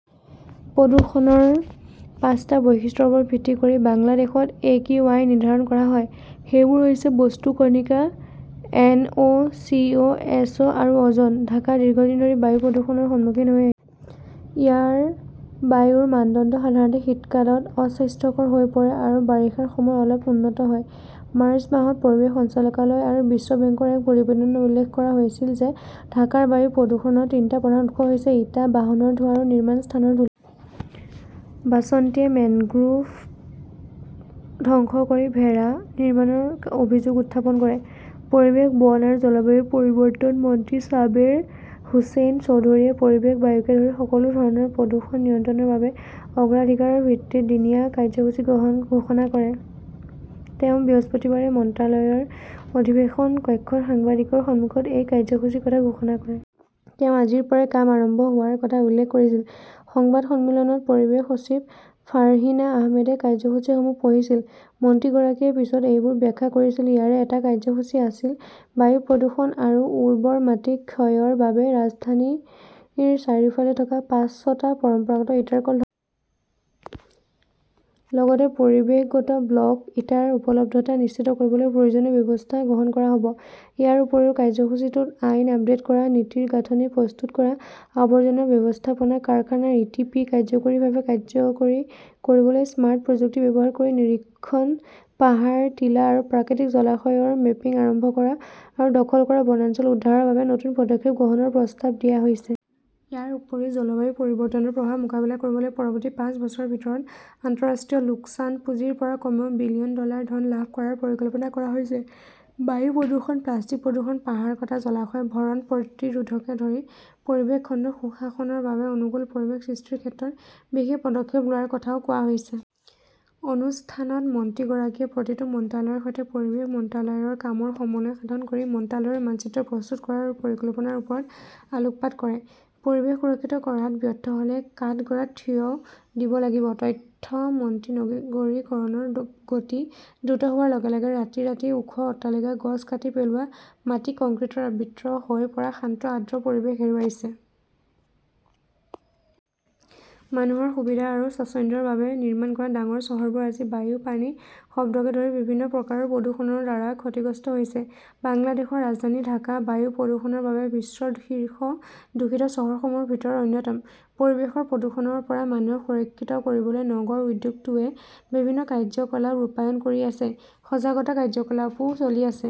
প্ৰদূষণৰ পাঁচটা বৈশিষ্ট্যৰ ওপৰত ভিত্তি কৰি বাংলাদেশত এ কিউ আই নিৰ্ধাৰণ কৰা হয়। সেইবোৰ হৈছে, বস্তু কণিকা, N O', C O', S O' আৰু অ'জন। ঢাকা দীৰ্ঘদিন ধৰি বায়ু প্ৰদূষণৰ সন্মুখীন হৈ ইয়াৰ বায়ুৰ মানদণ্ড সাধাৰণতে শীতকালত অস্বাস্থ্যকৰ হৈ পৰে আৰু বাৰিষাৰ সময়ত অলপ উন্নত হয়। মাৰ্চ মাহত পৰিৱেশ সঞ্চালকালয় আৰু বিশ্ব বেংকৰ এক প্ৰতিবেদনত উল্লেখ কৰা হৈছিল যে ঢাকাৰ বায়ু প্ৰদূষণৰ তিনিটা প্ৰধান উৎস হৈছে ইটা, বাহনৰ ধোঁৱা আৰু নিৰ্মাণ স্থানৰ ধূলি। বাছন্তীয়ে মেংগ্ৰোভ ধ্বংস কৰি ভেড়া নিৰ্মাণৰ অভিযোগ উত্থাপন কৰে পৰিৱেশ, বন আৰু জলবায়ু পৰিৱৰ্তন মন্ত্ৰী ছাবেৰ হোসেন চৌধুৰীয়ে পৰিৱেশ, বায়ুকে ধৰি সকলো ধৰণৰ প্ৰদূষণ নিয়ন্ত্ৰণৰ বাবে অগ্ৰাধিকাৰৰ ভিত্তিত দিনীয়া কাৰ্যসূচী ঘোষণা কৰে। তেওঁ বৃহস্পতিবাৰে মন্ত্ৰালয়ৰ অধিৱেশন কক্ষত সাংবাদিকৰ সন্মুখত এই কাৰ্যসূচীৰ কথা ঘোষণা কৰে। তেওঁ আজিৰ পৰাই কাম আৰম্ভ হোৱাৰ কথা উল্লেখ কৰিছিল। সংবাদ সন্মিলনত পৰিৱেশ সচিব ফাৰ্হিনা আহমেদে কাৰ্যসূচীসমূহ পঢ়িছিল। মন্ত্ৰীগৰাকীয়ে পিছত এইবোৰ ব্যাখ্যা কৰিছিল। ইয়াৰে এটা কাৰ্যসূচী আছিল-বায়ু প্ৰদূষণ আৰু উৰ্বৰ মাটি ক্ষয়ৰ বাবে দায়ী ৰাজধানীৰ চাৰিওফালে থকা পাঁচশটা পৰম্পৰাগত ইটাৰ কল ধ্বংস লগতে পৰিৱেশগত ব্লক ইটাৰ উপলব্ধতা নিশ্চিত কৰিবলৈ প্ৰয়োজনীয় ব্যৱস্থা গ্ৰহণ কৰা হ'ব। ইয়াৰ উপৰিও কাৰ্যসূচীটোত আইন আপডেট কৰা, নীতিৰ গাঁথনি প্ৰস্তুত কৰা, আৱৰ্জনা ব্যৱস্থাপনা, কাৰখানাৰ ই. টি. পি. কাৰ্যকৰীভাৱে কাৰ্যকৰী কৰিবলৈ স্মাৰ্ট প্ৰযুক্তি ব্যৱহাৰ কৰি নিৰীক্ষণ, পাহাৰ, টিলা আৰু প্ৰাকৃতিক জলাশয়ৰ মেপিং আৰম্ভ কৰা, আৰু দখল কৰা বনাঞ্চল উদ্ধাৰৰ বাবে নতুন পদক্ষেপ গ্ৰহণৰ প্ৰস্তাৱ দিয়া হৈছে। ইয়াৰ উপৰিও জলবায়ু পৰিৱৰ্তনৰ প্ৰভাৱ মোকাবিলা কৰিবলৈ পৰৱৰ্তী পাঁচ বছৰৰ ভিতৰত আন্তঃৰাষ্ট্ৰীয় লোকচান পুঁজিৰ পৰা কমেও বিলিয়ন ডলাৰ ধন লাভ কৰাৰ পৰিকল্পনা কৰা হৈছে। বায়ু প্ৰদূষণ, প্লাষ্টিক প্ৰদূষণ, পাহাৰ কটা, জলাশয় ভৰণ প্ৰতিৰোধকে ধৰি পৰিৱেশ খণ্ডত সুশাসনৰ বাবে অনুকূল পৰিৱেশ সৃষ্টিৰ ক্ষেত্ৰত বিশেষ পদক্ষেপ লোৱাৰ কথাও কোৱা হৈছে। অনুষ্ঠানত মন্ত্ৰীগৰাকীয়ে প্ৰতিটো মন্ত্ৰালয়ৰ সৈতে পৰিৱেশ মন্ত্ৰালয়ৰ কামৰ সমন্বয় সাধন কৰি মন্ত্ৰালয়ৰ মানচিত্ৰ প্ৰস্তুত কৰাৰ পৰিকল্পনাৰ ওপৰত আলোকপাত কৰে। পৰিৱেশ সুৰক্ষিত কৰাত ব্যৰ্থ হ'লে কাঠগড়াত থিয় দিব লাগিব। তথ্য মন্ত্ৰী নগৰীকৰণৰ গতি দ্ৰুত হোৱাৰ লগে লগে ৰাতিৰাতি ওখ অট্টালিকা, গছ কাটি পেলোৱা, মাটি কংক্ৰিটৰে আবৃত হৈ পৰা শান্ত আৰ্দ্ৰ পৰিৱেশ হেৰুৱাইছে। মানুহৰ সুবিধা আৰু স্বাচ্ছন্দ্যৰ বাবে নিৰ্মাণ কৰা ডাঙৰ চহৰবোৰ আজি বায়ু, পানী, শব্দকে ধৰি বিভিন্ন প্ৰকাৰৰ প্ৰদূষণৰ দ্বাৰা ক্ষতিগ্ৰস্ত হৈছে। বাংলাদেশৰ ৰাজধানী ঢাকা বায়ু প্ৰদূষণৰ বাবে বিশ্বৰ শীৰ্ষ দূষিত চহৰসমূহৰ ভিতৰত অন্যতম। পৰিৱেশৰ প্ৰদূষণৰ পৰা মানুহক সুৰক্ষিত কৰিবলৈ নগৰ উদ্যোগটোৱে বিভিন্ন কাৰ্যকলাপ ৰূপায়ণ কৰি আছে। সজাগতা কাৰ্যকলাপও চলি আছে।